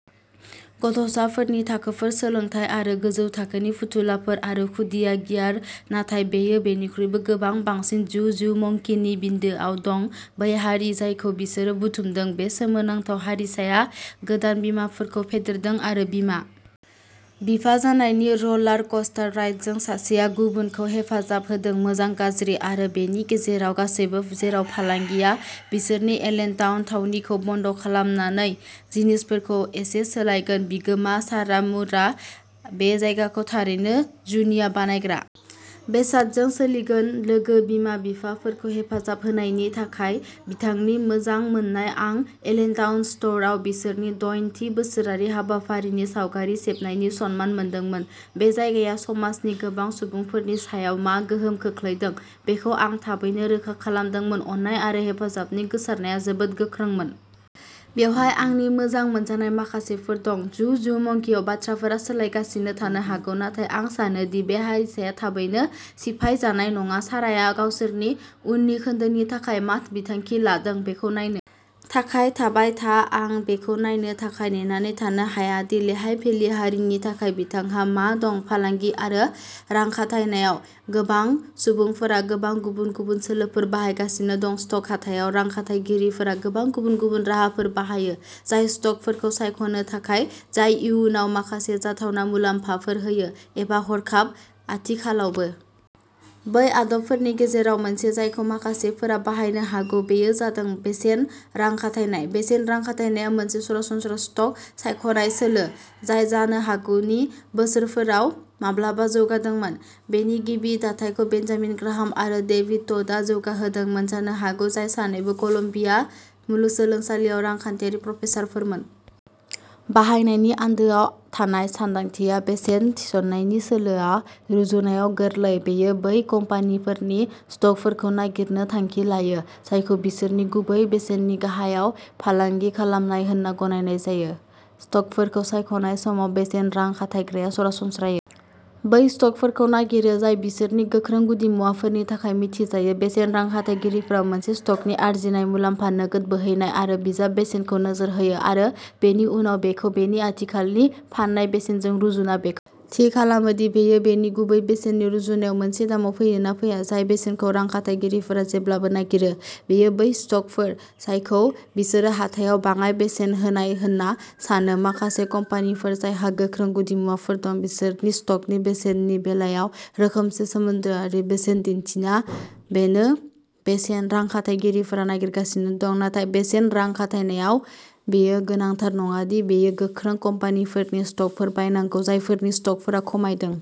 गथ'साफोरनि थाखोफोर सोलोंथाय आरो गोजौ थाखोनि फुथुलाफोर आरो खुदिया गियार नाथाय बेयो बेनिख्रुइबो गोबां बांसिन जु जु मंकिनि बिन्दोआव दं बै हारि जायखौ बिसोरो बुथुमदों बे सोमोनांथाव हारिसाया गोदान बिमाफोरखौ फेदेरदों आरो बिमा बिफा जानायनि रलार क'स्टार राइडजों सासेया गुबुनखौ हेफाजाब होदों मोजां गाज्रि आरो बेनि गेजेराव गासैबो जेराव फालांगिया बिसोरनि एलेनटाउन थावनिखौ बन्द खालामनानै जिनिसफोरखौ एसे सोलायगोन बिगोमा सारा मुरआ बे जायगाखौ थारैनो जुनिया बानायग्रा बेसादजों सोलिगोन लोगो बिमा बिफाफोरखौ हेफाजाब होनायनि थाखाय बिथांनि मोजां मोन्नाय आं एलेनटाउन स्ट'रआव बिसोरनि दइन थि बोसोरारि हाबाफारिनि सावगारि सेबनायनि सनमान मोनदोंमोन बे जायगाया समाजनि गोबां सुबुंफोरनि सायाव मा गोहोम खोख्लैदों बेखौ आं थाबैनो रोखा खालामदोंमोन अननाय आरो हेफाजाबनि गोसारनाया जोबोद गोख्रोंमोन। बेवहाय आंनि मोजां मोनजानाय माखासेफोर दं जु जु मंकिआव बाथ्राफोरा सोलायगासिनो थानो हागौ नाथाय आं सानो दि बे हारिसाया थाबैनो सिफाय जानाय नङा साराया गावसोरनि उननि खोन्दोनि थाखाय मा बिथांखि लादों बेखौ नायनो थाखाय थाबाय था आं बेखौ नायनो थाखाय नेनानै थानो हाया दि लेहाइ भेलि हारिनि थाखाय बिथांहा मा दं फालांगि आरो रां खाथायनायाव गोबां सुबुंफोरा गोबां गुबुन गुबुन सोलोफोर बाहायगासिनो दं स्टक हाथायाव रां खाथायगिरिफोरा गोबां गुबुन गुबुन राहाफोर बाहायो जाय स्टकफोरखौ सायख'नो थाखाय जाय इयुनाव माखासे जाथावना मुलाम्फाफोर होयो एबा हरखाब आथिखालावबो। बै आदबफोरनि गेजेराव मोनसे जायखौ माखासेफोरा बाहायनो हागौ बेयो जादों बेसेन रां खाथायनाय बेसेन रां खाथायनाया मोनसे सरासनस्रा स्टक सायख'नाय सोलो जाय जानो हागौ नि बोसोरफोराव माब्लाबा जौगादोंमोन। बेनि गिबि दाथायखौ बेन्जामिन ग्राहाम आरो डेभिड टडआ जौगाहोदोंमोन जानो हागौ जाय सानैबो कलम्बिया मुलुगसोलोंसालियाव रांखान्थियारि प्रफेसारफोरमोन। बाहायनायनि आन्दोआव थानाय सानदांथिया बेसेन थिसननायनि सोलोआ रुजुनायाव गोरलै बेयो बै कम्पानिफोरनि स्टकफोरखौ नागिरनो थांखि लायो जायखौ बिसोरनि गुबै बेसेननि गाहायाव फालांगि खालामनाय होनना गनायनाय जायो। स्टकफोरखौ सायख'नाय समाव बेसेन रां खाथायग्राया सरासनस्रायै बै स्टकफोरखौ नागिरो जाय बिसोरनि गोख्रों गुदिमुवाफोरनि थाखाय मिथिजायो बेसेन रां खाथायगिरिफोरा मोनसे स्टकनि आर्जिनाय मुलाम्फा नोगोद बोहैनाय आरो बिजाब बेसेनखौ नोजोर होयो आरो बेनि उनाव बेखौ बेनि आथिखालनि फान्नाय बेसेनजों रुजुना बेखौ थि खालामो दि बेयो बेनि गुबै बेसेननि रुजुनायाव मोनसे दामाव फैयो ना फैया जाय बेसेनखौ रां खाथायगिरिफोरा जेब्लाबो नागिरो बेयो बै स्टकफोर जायखौ बिसोरो हाथायाव बाङाइ बेसेन होनाय होनना सानो माखासे कम्पानिफोर जायहा गोख्रों गुदिमुवाफोर दं बिसोरनि स्ट'कनि बेसेननि बेलायाव रोखोमसे सोमोन्दोआरि बेसेन दिन्थिया बेनो बेसेन रां खाथायगिरिफोरा नागिरगासिनो दं नाथाय बेसेन रां खाथायनायाव बेयो गोनांथार नङा दि बेयो गोख्रों कम्पानिफोरनि स्टकफोर बायनांगौ जायफोरनि स्टकफोरा खमायदों।